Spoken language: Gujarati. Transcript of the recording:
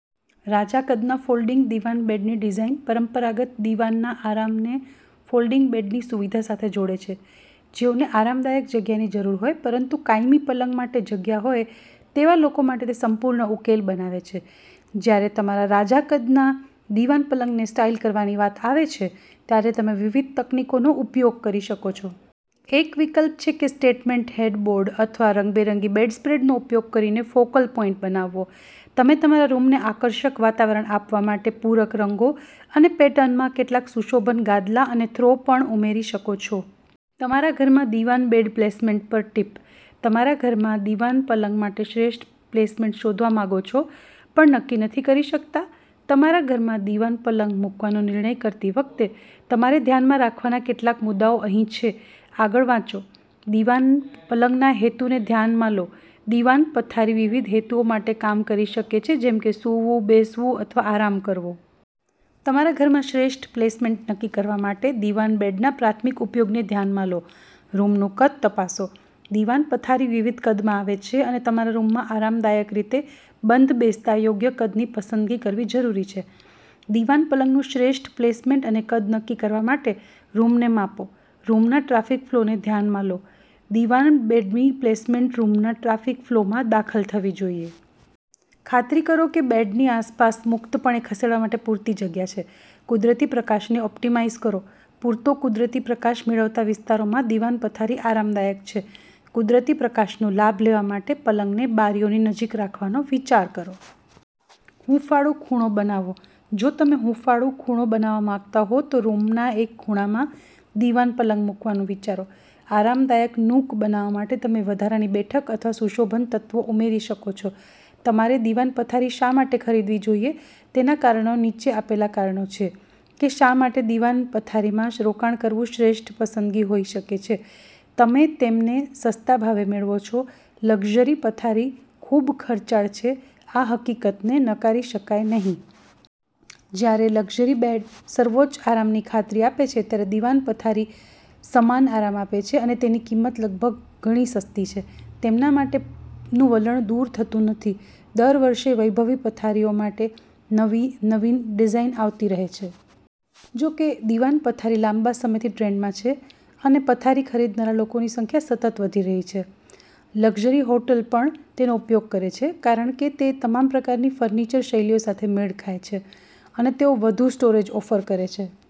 રાજા-કદના ફોલ્ડિંગ દીવાન બેડની ડિઝાઇન પરંપરાગત દીવાનના આરામને ફોલ્ડિંગ બેડની સુવિધા સાથે જોડે છે, જેઓને આરામદાયક જગ્યાની જરૂર હોય પરંતુ કાયમી પલંગ માટે જગ્યાહોય તેવા લોકો માટે તે સંપૂર્ણ ઉકેલ બનાવે છે. જ્યારે તમારા રાજા-કદના દીવાન પલંગને સ્ટાઇલ કરવાની વાત આવે છેત્યારે તમે વિવિધ તકનીકોનો ઉપયોગ કરી શકો છો. એક વિકલ્પછે કે સ્ટેટમેન્ટ હેડબોર્ડ અથવા રંગબેરંગી બેડસ્પ્રેડનો ઉપયોગ કરીને ફોકલ પોઇન્ટ બનાવવો. તમે તમારા રૂમને આકર્ષક વાતાવરણ આપવા માટે પૂરક રંગો અને પેટર્નમાં કેટલાક સુશોભન ગાદલા અને થ્રો પણ ઉમેરી શકો છો. તમારા ઘરમાં દિવાન બેડ પ્લેસમેન્ટ પર ટીપ તમારા ઘરમાં દિવાન પલંગ માટે શ્રેષ્ઠ પ્લેસમેન્ટ શોધવા માંગો છો પણ નક્કી નથી કરી શકતા? તમારા ઘરમાં દીવાન પલંગ મૂકવાનો નિર્ણય કરતી વખતે તમારે ધ્યાનમાં રાખવાના કેટલાક મુદ્દાઓ અહીં છેઆગળ વાંચોદિવાન પલંગના હેતુને ધ્યાનમાં લોદિવાન પથારી વિવિધ હેતુઓ માટે કામ કરી શકે છે, જેમ કે સૂવું, બેસવું અથવા આરામ કરવો. તમારા ઘરમાં શ્રેષ્ઠ પ્લેસમેન્ટ નક્કી કરવા માટે દિવાન બેડના પ્રાથમિક ઉપયોગને ધ્યાનમાં લોરૂમનું કદ તપાસોદીવાન પથારી વિવિધ કદમાં આવે છે, અને તમારા રૂમમાં આરામદાયક રીતે બંધબેસતા યોગ્ય કદની પસંદગી કરવી જરૂરી છે. દીવાન પલંગનું શ્રેષ્ઠ પ્લેસમેન્ટ અને કદ નક્કી કરવા માટે રૂમને માપોરૂમના ટ્રાફિક ફ્લોને ધ્યાનમાં લોદિવાન બેડની પ્લેસમેન્ટ રૂમના ટ્રાફિક ફ્લોમાં દખલથવી જોઈએ. ખાતરી કરો કે બેડની આસપાસ મુક્તપણે ખસેડવા માટે પૂરતી જગ્યા છે. કુદરતી પ્રકાશને ઑપ્ટિમાઇઝ કરોપૂરતો કુદરતી પ્રકાશ મેળવતા વિસ્તારોમાં દીવાન પથારી આરામદાયક છે. કુદરતી પ્રકાશનો લાભ લેવા માટે પલંગને બારીઓની નજીક રાખવાનો વિચાર કરો. હૂંફાળું ખૂણો બનાવોજો તમે હૂંફાળું ખૂણો બનાવવા માંગતા હો, તો રૂમના એક ખૂણામાં દીવાન પલંગ મૂકવાનું વિચારો. આરામદાયક નૂક બનાવવા માટે તમે વધારાની બેઠક અથવા સુશોભન તત્વો ઉમેરી શકો છો. તમારે દિવાન પથારી શા માટે ખરીદવી જોઈએ તેના કારણો નીચે આપેલા કારણો છે કે શા માટે દિવાન પથારીમાં રોકાણ કરવું શ્રેષ્ઠ પસંદગી હોઈ શકે છેતમે તેમને સસ્તા ભાવે મેળવો છો લક્ઝરી પથારી ખૂબ ખર્ચાળ છેઆ હકીકતને નકારી શકાય નહીં. જ્યારે લક્ઝરી બેડ સર્વોચ્ચ આરામની ખાતરી આપે છે, ત્યારે દિવાન પથારી સમાન આરામ આપે છે અને તેની કિંમત લગભગ ગણી સસ્તી છે. તેમના માટેનું વલણ દૂર થતું નથી દર વર્ષે વૈભવી પથારીઓ માટે નવી, નવીન ડિઝાઇન આવતી રહે છે. જો કે, દિવાન પથારી લાંબા સમયથી ટ્રેન્ડમાં છે અનેપથારી ખરીદનારા લોકોની સંખ્યા સતત વધી રહી છે. લક્ઝરી હોટલ પણ તેનો ઉપયોગ કરે છે કારણ કે તે તમામ પ્રકારની ફર્નિચર શૈલીઓ સાથે મેળ ખાય છે. તેઓ વધુ સ્ટોરેજ ઓફર કરે છે